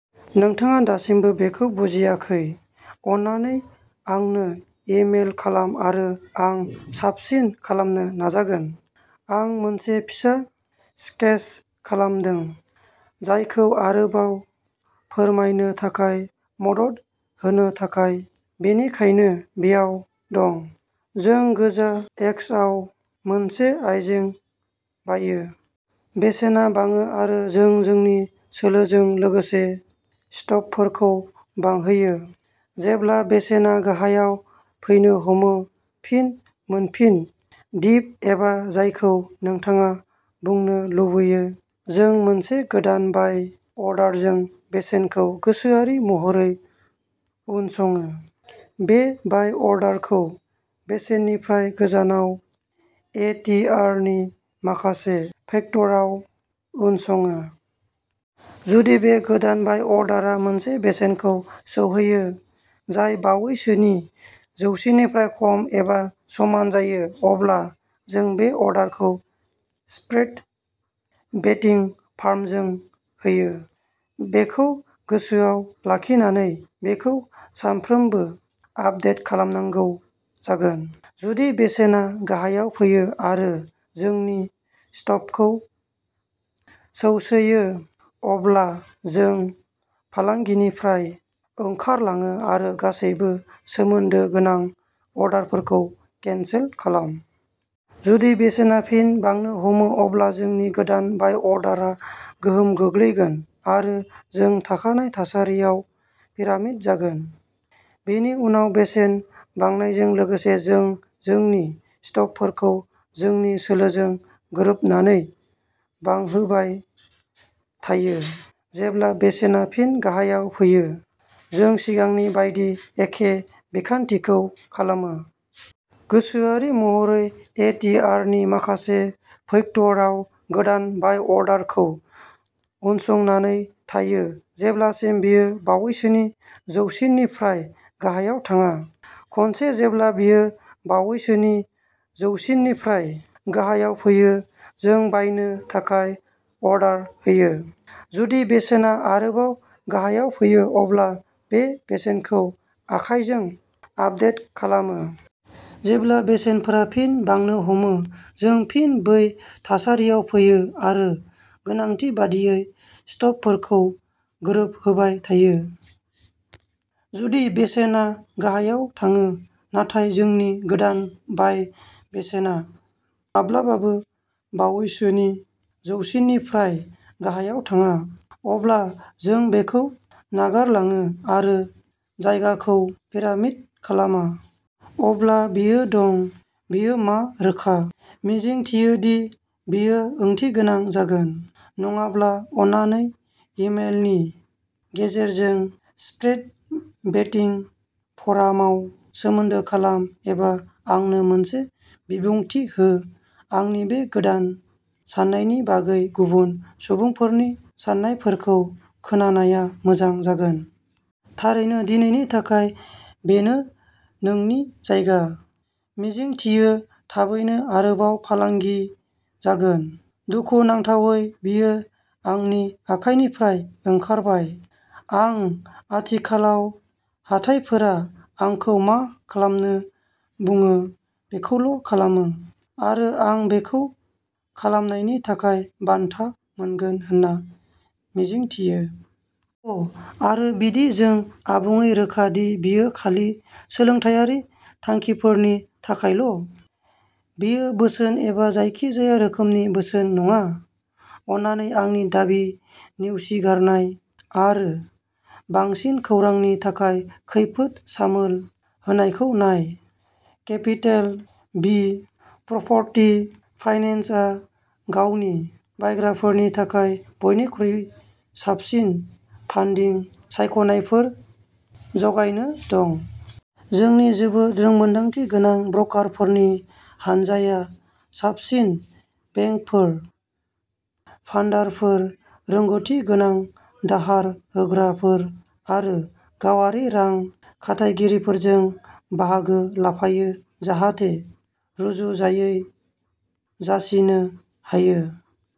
नोंथाङा दासिमबो बेखौ बुजियाखै, अन्नानै आंनो इ-मेल खालाम आरो आं साबसिन खालामनो नाजागोन। आं मोनसे फिसा स्केच खालामदों, जायखौ आरोबाव फोरमायनो थाखाय मदद होनो थाखाय। बेनिखायनो बेयाव दं। जों गोजा एक्सआव मोनसे आइजें बायो। बेसेना बाङो आरो जों जोंनि सोलोजों लोगोसे स्टपफोरखौ बांहोयो। जेब्ला बेसेना गाहायाव फैनो हमो, फिन मोनफिन, दिप एबा जायखौ नोंथाङा बुंनो लुबैयो, जों मोनसे गोदान बाय अर्डारजों बेसेनखौ गोसोआरि महरै उनसङो। बे बाय अर्डारखौ बेसेननिफ्राय गोजानाव ए टि आर नि माखासे फैक्टरआव उनसङो। जुदि बे गोदान बाय अर्डारआ मोनसे बेसेनखौ सौहैयो जाय बावैसोनि जौसिननिफ्राय खम एबा समान जायो, अब्ला जों बे अर्डारखौ स्प्रेड बेटिं फार्मजों होयो, बेखौ गोसोआव लाखिनानै बेखौ सानफ्रोमबो आपडेट खालामनांगौ जागोन। जुदि बेसेना गाहायाव फैयो आरो जोंनि स्टपखौ सौसैयो, अब्ला जों फालांगिनिफ्राय ओंखारलाङो आरो गासैबो सोमोन्दो गोनां अर्डारफोरखौ केनसेल खालाम। जुदि बेसेनआ फिन बांनो हमो, अब्ला जोंनि गोदान बाय अर्डारआ गोहोम गोग्लैगोन आरो जों थाखानाय थासारियाव पिरामिड जागोन। बेनि उनाव बेसेन बांनायजों लोगोसे जों जोंनि स्टपफोरखौ जोंनि सोलोजों गोरोबनानै बांहोबाय थायो। जेब्ला बेसेना फिन गाहायाव फैयो, जों सिगांनि बायदि एखे बिखान्थिखौ खालामो। गोसोआरि महरै ए टि आर नि माखासे फैक्टरआव गोदान बाय अर्डारखौ उनसंनानै थायो जेब्लासिम बेयो बावैसोनि जौसिननिफ्राय गाहायाव थाङा। खनसे जेब्ला बेयो बावैसोनि जौसिननिफ्राय गाहायाव फैयो, जों बायनो थाखाय अर्डार होयो, जुदि बेसेना आरोबाव गाहायाव फैयो अब्ला बे बेसेनखौ आखाइजों आपडेट खालामो। जेब्ला बेसेनफोरा फिन बांनो हमो, जों फिन बै थासारियाव फैयो आरो गोनांथि बायदियै स्टपफोरखौ गोरोबहोबाय थायो। जुदि बेसेना गाहायाव थाङो नाथाय जोंनि गोदान बाय बेसेना माब्लाबाबो बावैसोनि जौसिननिफ्राय गाहायाव थाङा, अब्ला जों बेखौ नागारलाङो आरो जायगाखौ पिरामिड खालामा। अब्ला बेयो दं। बेयो मा रोखा। मिजिंथियो दि बेयो ओंथिगोनां जागोन। नङाब्ला अन्नानै ई-मेलनि गेजेरजों, स्प्रेड बेटिं फ'रामाव सोमोन्दो खालाम एबा आंनो मोनसे बिबुंथि हो। आंनि बे गोदान साननायनि बागै गुबुन सुबुंफोरनि साननायफोरखौ खोनानाया मोजां जागोन। थारै दिनैनि थाखाय बेनो नोंनि जायगा। मिजिंथियो थाबैनो आरोबाव फालांगि जागोन, दुखुनांथावै बेयो आंनि आखाइनिफ्राय ओंखारबाय। आं आथिखालाव हाथाइफोरा आंखौ मा खालामनो बुङो बेखौल' खालामो आरो आं बेखौ खालामनायनि थाखाय बान्था मोनगोन होनना मिजिंथियो। अ आरो बिदि जों आबुङै रोखा दि बेयो खालि सोलोंथायारि थांखिफोरनि थाखायल'। बेयो बोसोन एबा जायखिजाया रोखोमनि बोसोन नङा। अन्नानै आंनि दाबि नेवसिगारनाय आरो बांसिन खौरांनि थाखाय खैफोद सामोल होनायखौ नाय। केपिटेल बि प्रप'र्टि फाइनेन्सआ गावनि बायग्राफोरनि थाखाय बयनिख्रुइ साबसिन फान्डिं सायख'नायफोर जगायनो दं। जोंनि जोबोद रोंमोनदांथि गोनां ब्र'कारफोरनि हानजाया साबसिन बेंकफोर, फान्डारफोर, रोंग'थि गोनां दाहार होग्राफोर आरो गावारि रां खाथायगिरिफोरजों बाहागो लाफायो जाहाथे रुजुजायै जासिनो हायो।